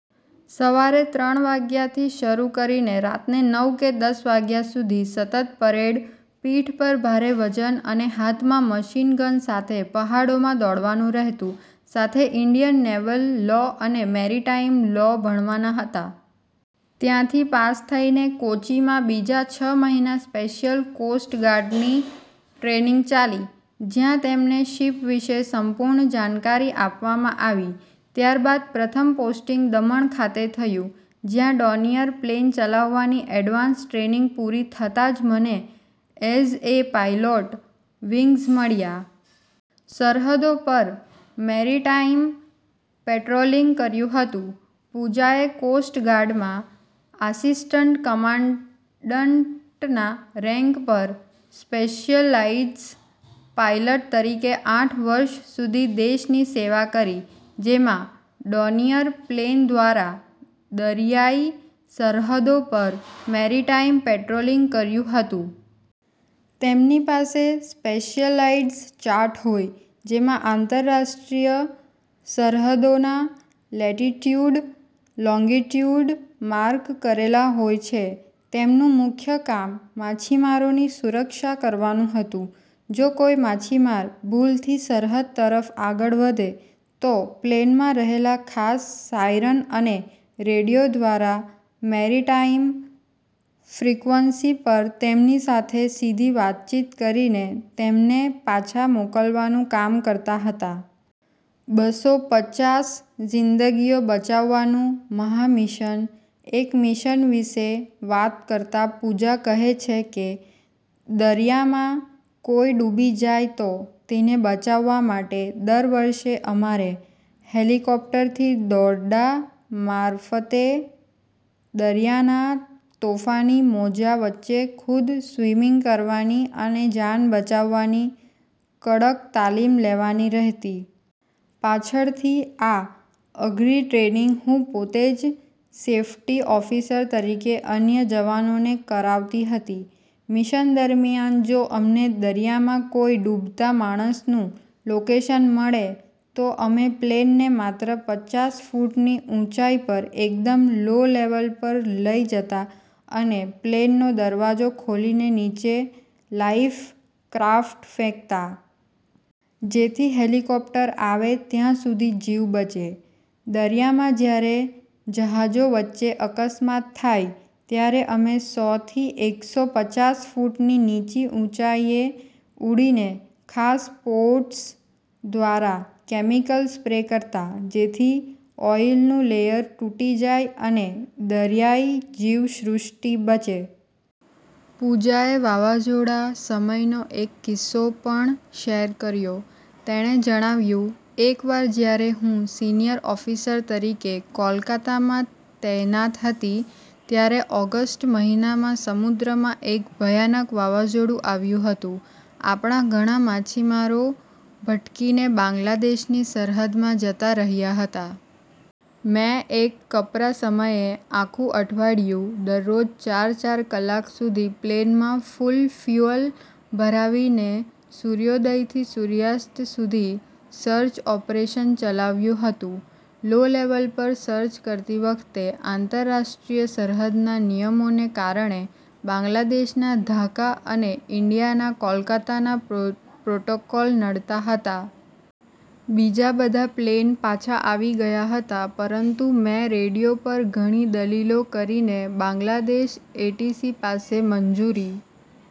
"સવારે ત્રણ વાગ્યાથી શરૂ કરીને રાત્રે નવ કે દસ વાગ્યા સુધી સતત પરેડ, પીઠ પર ભારે વજન અને હાથમાં મશીન ગન સાથે પહાડોમાં દોડવાનું રહેતું. સાથે ઇન્ડિયન નેવલ લો અને મેરિટાઇમ લો ભણવાના હતા. ત્યાંથી પાસ થઇને કોચીમાં બીજા છ મહિના સ્પેશિયલ કોસ્ટ ગાર્ડની ટ્રેનિંગ ચાલી. જ્યાં તેમને શિપ વિશે સંપૂર્ણ જાણકારી આપવામાં આવી. ત્યારબાદ પ્રથમ પોસ્ટિંગ દમણ ખાતે થયું, જ્યાં ડોનિયર પ્લેન ચલાવવાની એડવાન્સ ટ્રેનિંગ પૂરી થતાં જ મને એઝ એ પાયલોટ વિંગ્સ મળ્યા. સરહદો પર 'મેરિટાઇમ' પેટ્રોલિંગ કર્યું હતું." પૂજાએ કોસ્ટ ગાર્ડમાં આસિસ્ટન્ટ કમાન્ડન્ટના રેન્ક પર સ્પેશિયલાઇઝ્ડ પાયલટ તરીકે આઠ વર્ષ સુધી દેશની સેવા કરી. જેમાં 'ડોનિયર' પ્લેન દ્વારા દરિયાઈ સરહદો પર મેરિટાઇમ પેટ્રોલિંગ કર્યું હતું. તેમની પાસે સ્પેશિયલાઇઝ્ડ ચાર્ટ હોય. જેમાં આંતરરાષ્ટ્રીય સરહદોના લેટિટ્યૂડ, લોન્જિટ્યૂડ માર્ક કરેલા હોય છે. તેમનું મુખ્ય કામ માછીમારોની સુરક્ષા કરવાનું હતું. જો કોઇ માછીમાર ભૂલથી સરહદ તરફ આગળ વધે તો પ્લેનમાં રહેલા ખાસ સાયરન અને રેડિયો દ્વારા મેરિટાઇમ ફ્રિક્વન્સી પર તેમની સાથે સીધી વાતચીત કરીને તેમને પાછા મોકલવાનું કામ કરતા હતા. બસો પચ્ચાસ જિંદગીઓ બચાવવાનું મહામિશન, એક મિશન વિશે વાત કરતા પૂજા કહે છે કે, "દરિયામાં કોઇ ડૂબી જાય તો તેને બચાવવા માટે દર વર્ષે અમારે હેલિકોપ્ટરથી દોરડા મારફતે દરિયાના તોફાની મોજાં વચ્ચે ખુદ સ્વિમિંગ કરવાની અને જાન બચાવવાની કડક તાલીમ લેવાની રહેતી. પાછળથી આ અઘરી ટ્રેનિંગ હું પોતે જ સેફ્ટી ઓફિસર તરીકે અન્ય જવાનોને કરાવતી હતી. મિશન દરમિયાન જો અમને દરિયામાં કોઇ ડૂબતા માણસનું લોકેશન મળે તો અમે પ્લેનને માત્ર પચ્ચાસ ફૂટની ઊંચાઇ પર એકદમ લો-લેવલ પર લઇ જતા અને પ્લેનનો દરવાજો ખોલીને નીચે લાઇફ ક્રાફ્ટ ફેંકતા. જેથી હેલિકોપ્ટર આવે ત્યાં સુધી જીવ બચે. દરિયામાં જ્યારે જહાજો વચ્ચે અકસ્માત થાય ત્યારે અમે સો થી એકસો પચ્ચાસ ફૂટની નીચી ઊંચાઇએ ઉડીને ખાસ પોડ્સ દ્વારા કેમિકલ સ્પ્રે કરતા, જેથી ઓઇલનું લેયર તૂટી જાય અને દરિયાઇ જીવ સૃષ્ટિ બચે." પૂજાએ વાવાઝોડા સમયનો એક કિસ્સો પણ શેર કર્યો. તેણે જણાવ્યું, "એકવાર જ્યારે હું સિનિયર ઓફિસર તરીકે કોલકાતામાં તૈનાત હતી, ત્યારે ઓગસ્ટ મહિનામાં સમુદ્રમાં એક ભયાનક વાવાઝોડું આવ્યું હતું. આપણા ઘણા માછીમારો ભટકીને બાંગ્લાદેશની સરહદમાં જતા રહ્યાં હતા. મેં એ કપરા સમયે આખું અઠવાડિયું દરરોજ ચાર-ચાર કલાક સુધી પ્લેનમાં ફૂલ ફયૂઅલ ભરાવીને સૂર્યોદયથી સૂર્યાસ્ત સુધી સર્ચ ઓપરેશન ચલાવ્યું હતું. લો-લેવલ પર સર્ચ કરતી વખતે આંતરરાષ્ટ્રીય સરહદના નિયમોને કારણે બાંગ્લાદેશના ઢાકા અને ઇન્ડિયાના કોલકાતાના પ્રોટોકોલ નડતા હતા. બીજા બધા પ્લેન પાછા આવી ગયા હતા પરંતુ મેં રેડિયો પર ઘણી દલીલો કરીને બાંગ્લાદેશના એટીસી પાસે મંજૂરી